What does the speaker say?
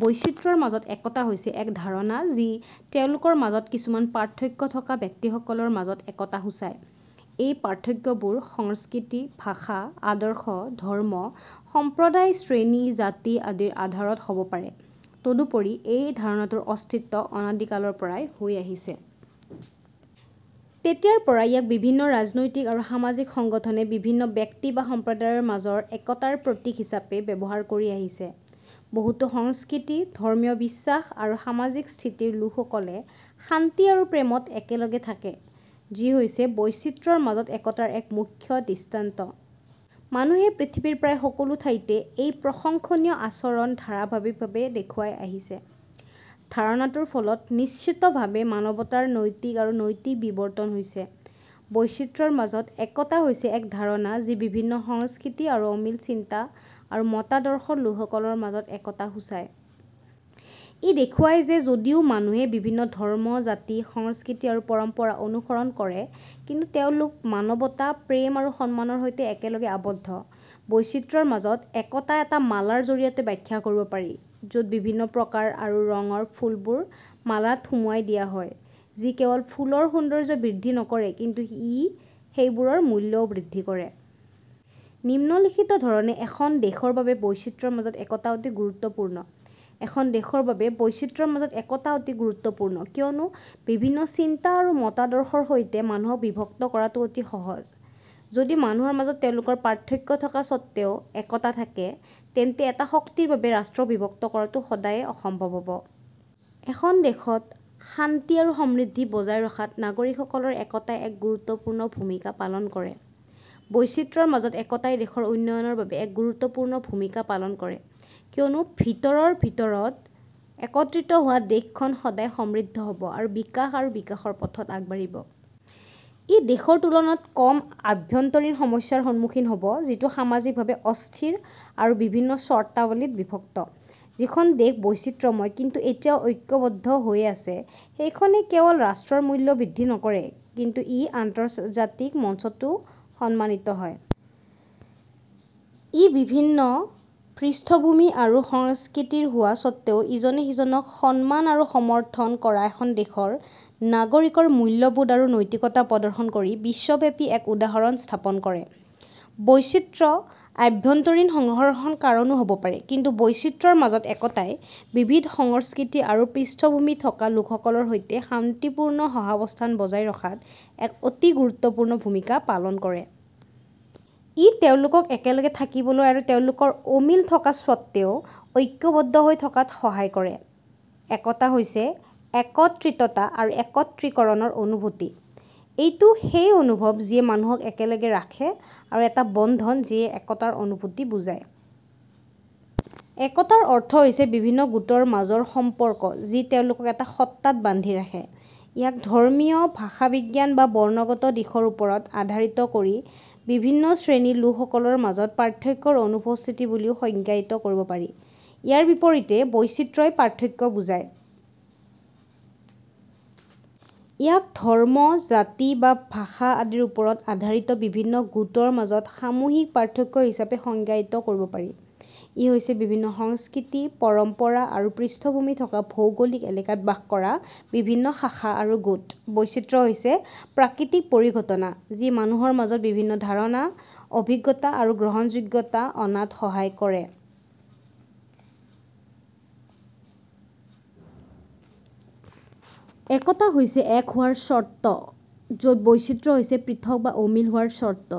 বৈচিত্ৰ্যৰ মাজত একতা হৈছে এক ধাৰণা যি তেওঁলোকৰ মাজত কিছুমান পাৰ্থক্য থকা ব্যক্তিসকলৰ মাজত একতা সূচায়। এই পাৰ্থক্যবোৰ সংস্কৃতি, ভাষা, আদৰ্শ, ধৰ্ম, সম্প্ৰদায়, শ্ৰেণী, জাতি আদিৰ আধাৰত হ'ব পাৰে। তদুপৰি, এই ধাৰণাটোৰ অস্তিত্ব অনাদিকালৰ পৰাই হৈ আহিছে। তেতিয়াৰ পৰা, ইয়াক বিভিন্ন ৰাজনৈতিক আৰু সামাজিক সংগঠনে বিভিন্ন ব্যক্তি বা সম্প্ৰদায়ৰ মাজত একতাৰ প্ৰতীক হিচাপে ব্যৱহাৰ কৰি আহিছে। বহুতো সংস্কৃতি, ধৰ্ম্মীয় বিশ্বাস আৰু সামাজিক স্থিতিৰ লোকসকলে শান্তি আৰু প্ৰেমত একেলগে থাকে, যি হৈছে "বৈচিত্ৰ্যৰ মাজত একতা"ৰ এক মুখ্য দৃষ্টান্ত। মানুহে পৃথিৱীৰ প্ৰায় সকলো ঠাইতে এই প্ৰশংসনীয় আচৰণ ধাৰাবাহিকভাৱে দেখুৱাই আহিছে। ধাৰণাটোৰ ফলত নিশ্চিতভাৱে মানৱতাৰ নৈতিক আৰু নৈতিক বিৱৰ্তন হৈছে। বৈচিত্ৰ্যৰ মাজত একতা হৈছে এক ধাৰণা যি বিভিন্ন সংস্কৃতি আৰু অমিল চিন্তা আৰু মতাদৰ্শৰ লোকসকলৰ মাজত একতা সূচায়। ই দেখুৱায় যে যদিও মানুহে বিভিন্ন ধৰ্ম, জাতি, সংস্কৃতি আৰু পৰম্পৰা অনুসৰণ কৰে কিন্তু তেওঁলোক মানৱতা, প্ৰেম আৰু সন্মানৰ সৈতে একেলগে আবদ্ধ। বৈচিত্ৰ্যৰ মাজত একতা এটা মালাৰ জৰিয়তে ব্যাখ্যা কৰিব পাৰি য'ত বিভিন্ন প্ৰকাৰ আৰু ৰঙৰ ফুলবোৰ মালাত সুমুৱাই দিয়া হয় যি কেৱল ফুলৰ সৌন্দৰ্য বৃদ্ধি নকৰে কিন্তু ই সেইবোৰৰ মূল্যও বৃদ্ধি কৰে। নিম্নলিখিত ধৰণে এখন দেশৰ বাবে বৈচিত্ৰ্যৰ মাজত একতা অতি গুৰুত্বপূৰ্ণ: এখন দেশৰ বাবে বৈচিত্ৰ্যৰ মাজত একতা অতি গুৰুত্বপূৰ্ণ কিয়নো বিভিন্ন চিন্তা আৰু মতাদৰ্শৰ সৈতে মানুহক বিভক্ত কৰাটো অতি সহজ। যদি মানুহৰ মাজত তেওঁলোকৰ পাৰ্থক্য থকা স্বত্বেও একতা থাকে, তেন্তে এটা শক্তিৰ বাবে ৰাষ্ট্ৰক বিভক্ত কৰাটো সদায়ে অসম্ভৱ হ'ব। এখন দেশত শান্তি আৰু সমৃদ্ধি বজাই ৰখাত নাগৰিকসকলৰ একতাই এক গুৰুত্বপূৰ্ণ ভূমিকা পালন কৰে। বৈচিত্ৰ্যৰ মাজত একতাই দেশৰ উন্নয়নৰ বাবে এক গুৰুত্বপূৰ্ণ ভূমিকা পালন কৰে কিয়নো ভিতৰৰ ভিতৰত একত্ৰিত হোৱা দেশখন সদায় সমৃদ্ধ হ'ব আৰু বিকাশ আৰু বিকাশৰ পথত আগবাঢ়িব। ই দেশৰ তুলনাত কম আভ্যন্তৰীণ সমস্যাৰ সন্মুখীন হ'ব যিটো সামাজিকভাৱে অস্থিৰ আৰু বিভিন্ন চৰ্তাৱলীত বিভক্ত। যিখন দেশ বৈচিত্ৰময় কিন্তু এতিয়াও ঐক্যবদ্ধ হৈ আছে সেইখনে কেৱল ৰাষ্ট্ৰৰ মূল্য বৃদ্ধি নকৰে কিন্তু ই আন্তৰ্জাতিক মঞ্চতো সন্মানিত হয়। ই বিভিন্ন পৃষ্ঠভূমি আৰু সংস্কৃতিৰ হোৱা স্বত্বেও ইজনে সিজনক সন্মান আৰু সমৰ্থন কৰা এখন দেশৰ নাগৰিকৰ মূল্যবোধ আৰু নৈতিকতা প্ৰদৰ্শন কৰি বিশ্বব্যাপী এক উদাহৰণ স্থাপন কৰে। বৈচিত্ৰ্য আভ্যন্তৰীণ সংঘৰ্ষৰ কাৰণো হ'ব পাৰে কিন্তু বৈচিত্ৰ্যৰ মাজত একতাই বিবিধ সংস্কৃতি আৰু পৃষ্ঠভূমিথকা লোকসকলৰ সৈতে শান্তিপূৰ্ণ সহাবস্থান বজাই ৰখাত এক অতি গুৰুত্বপূৰ্ণ ভূমিকা পালন কৰে। ই তেওঁলোকক একেলগে থাকিবলৈ আৰু তেওঁলোকৰ অমিল থকা স্বত্বেও ঐক্যবদ্ধ হৈ থকাত সহায় কৰে। একতা হৈছে একত্ৰিততা আৰু একত্ৰীকৰণৰ অনুভূতি। এইটো সেই অনুভৱ যিয়ে মানুহক একেলগে ৰাখে আৰু এটা বন্ধন যিয়ে একতাৰ অনুভূতি বুজায়। একতাৰ অৰ্থ হৈছে বিভিন্ন গোটৰ মাজৰ সম্পৰ্ক যি তেওঁলোকক এটা সত্তাত বান্ধি ৰাখে। ইয়াক ধৰ্মীয়, ভাষাবিজ্ঞান বা বৰ্ণগত দিশৰ ওপৰত আধাৰিত কৰি বিভিন্ন শ্ৰেণীৰ লোকসকলৰ মাজত পাৰ্থক্যৰ অনুপস্থিতি বুলিও সংজ্ঞায়িত কৰিব পাৰি। ইয়াৰ বিপৰীতে, বৈচিত্ৰ্যই পাৰ্থক্য বুজায়। ইয়াক ধৰ্ম, জাতি বা ভাষা আদিৰ ওপৰত আধাৰিত বিভিন্ন গোটৰ মাজত সামূহিক পাৰ্থক্য হিচাপে সংজ্ঞায়িত কৰিব পাৰি। ই হৈছে বিভিন্ন সংস্কৃতি, পৰম্পৰা আৰু পৃষ্ঠভূমিথকা ভৌগোলিক এলেকাত বাস কৰা বিভিন্ন শাখা আৰু গোট। বৈচিত্ৰ্য হৈছে প্ৰাকৃতিক পৰিঘটনা যি মানুহৰ মাজত বিভিন্ন ধাৰণা, অভিজ্ঞতা আৰু গ্ৰহণযোগ্যতা অনাত সহায় কৰে। একতা হৈছে এক হোৱাৰ চৰ্ত য'ত বৈচিত্ৰ্য হৈছে পৃথক বা অমিল হোৱাৰ চৰ্ত।